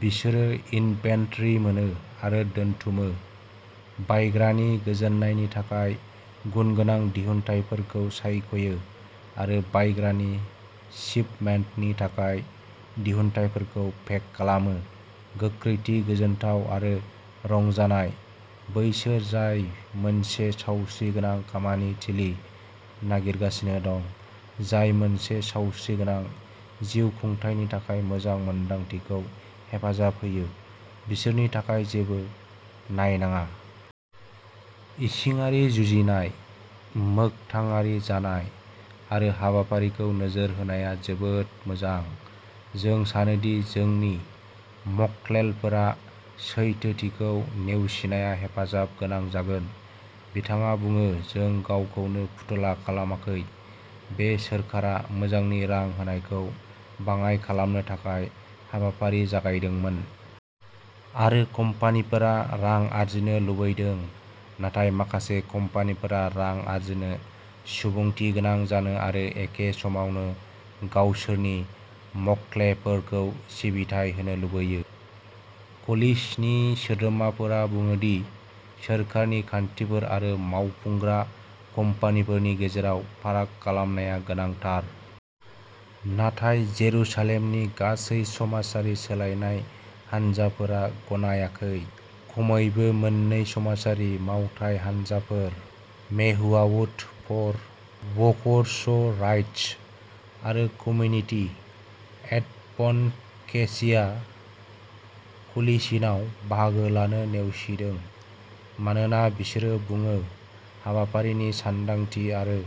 बिसोरो इनभेन्टरि मोनो आरो दोनथुमो, बायग्रानि गोजोननायनि थाखाय गुनगोनां दिहुनथायफोरखौ सायख'यो, आरो बायग्रानि शिपमेन्टनि थाखाय दिहुनथायफोरखौ पेक खालामो। गोख्रैथि, गोजोनथाव, आरो रंजानाय! बैसोर जाय मोनसे सावस्रिगोनां खामानि थिलि नागिरगासिनो दं जाय मोनसे सावस्रिगोनां जिउखुंथायनि थाखाय मोजां मोन्दांथिखौ हेफाजाब होयो, बिसोरनि थाखाय जेबो नायनाङा। इसिङारि जुजिनाय, मोगथाङारि जानाय आरो हाबाफारिखौ नोजोर होनाया जोबोद मोजां। जों सानो दि जोंनि मक्केलफोरा सैथोथिखौ नेवसिनाया हेफाजाब गोनां जागोन। "बिथाङा बुङो," जों गावखौनो फुथुला खालामाखै। बे सोरखारा मोजांनि रां होनायखौ बाङाइ खालामनो थाखाय हाबाफारि जागायदोंमोन। आरो कम्पानिफोरा रां आर्जिनो लुबैदों। नाथाय माखासे कम्पानिफोरा रां आर्जिनो, सुबुंथिगोनां जानो आरो एखे समावनो गावसोरनि मक्केलफोरखौ सिबिथाइ होनो लुबैयो। "क'लिशननि सोद्रोमाफोरा बुङो दि सोरखारनि खान्थिफोर आरो मावफुंग्रा कम्पानिफोरनि गेजेराव फाराग खालामनाया गोनांथार। नाथाय जेरुसालेमनि गासैबो समाजारि सोलायनाय हानजाफोरा गनायाखै। खमैबो मोन्नै समाजारि मावथाय हानजाफोर, मेहुयावुत फर वर्कर्स राइटस, आरो कमिउनिटि एडभकेसिआ क'लिशनआव बाहागो लानो नेवसिदों, मानोना, बिसोर बुङो, हाबाफारिनि सानदांथि आरो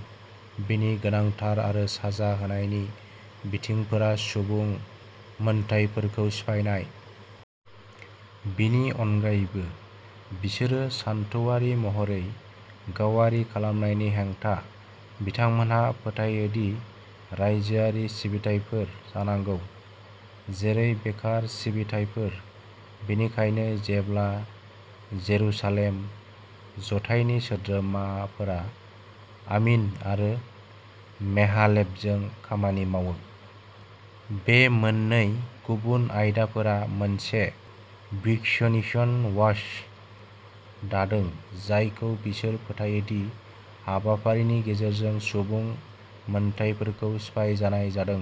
बेनि गोनांथार आरो साजा होनाय बिथिंफोरा सुबुं मोनथायफोरखौ सिफायनाय। बेनि अनगायैबो, बिसोरो सानथौआरि महरै गावारि खालामनायनि हेंथा। बिथांमोनहा फोथायोदि रायजोआरि सिबिथायफोर जानांगौ, जेरै बेकार सिबिथायफोर। बेनिखायनो जेब्ला जेरुसालेम जथाइनि सोद्रोमाफोरा आमिन आरो मेहालेभजों खामानि मावो, बे मोननै गुबुन आफादफोरा मोनसे "विस्कन्सिन वाच" दादों जायखौ बिसोर फोथायो दि हाबाफारिनि गेजेरजों सुबुं मोनथायफोरखौ सिफायनाय जादों।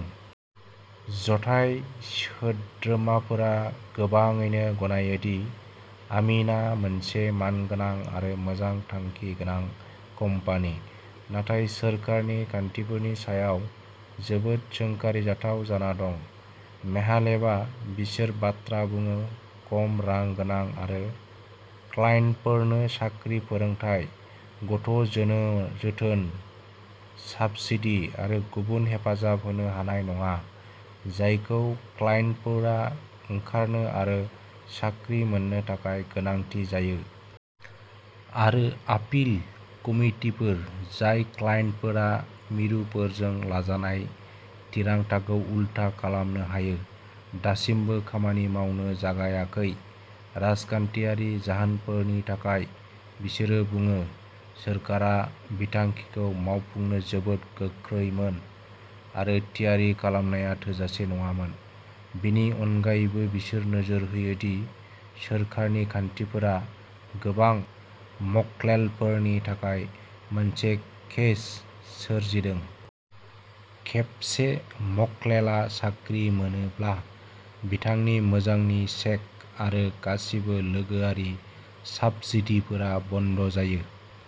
जथाइ सोद्रोमाफोरा गोबाङैनो गनायो दि आमिनआ मोनसे मानगोनां आरो मोजां थांखि गोनां कम्पानि, नाथाय सोरखारनि खान्थिफोरनि सायाव जोबोद सोंखारिजाथाव जाना दं। मेहालेभआ, बिसोर बाथ्रा बुङो, खम रां गोनां आरो क्लाइन्टफोरनो साख्रि फोरोंथाय, गथ'जोथोन साब्सिडी आरो गुबुन हेफाजाब होनो हानाय नङा, जायखौ क्लाइन्टफोरा ओंखारनो आरो साख्रि मोन्नो थाखाय गोनांथि जायो। आरो आपिल कमिटिफोर, जाय क्लाइन्टफोरा मिरुफोरजों लाजानाय थिरांथाखौ उलथा खालामनो हायो, दासिमबो खामानि मावनो जागायाखै। राजखान्थियारि जाहोनफोरनि थाखाय, बिसोरो बुङो, सोरखारा बिथांखिखौ मावफुंनो जोबोद गोख्रैमोन, आरो थियारि खालामनाया थोजासे नङामोन। बेनि अनगायैबो, बिसोर नोजोर होयो दि, सोरखारनि खान्थिफोरा गोबां मक्केलफोरनि थाखाय मोनसे केच- सोरजिदों। खेबसे मक्केलआ साख्रि मोनब्ला, बिथांनि मोजांनि चेक आरो गासिबो लोगोआरि साब्सिडीफोरा बन्द जायो।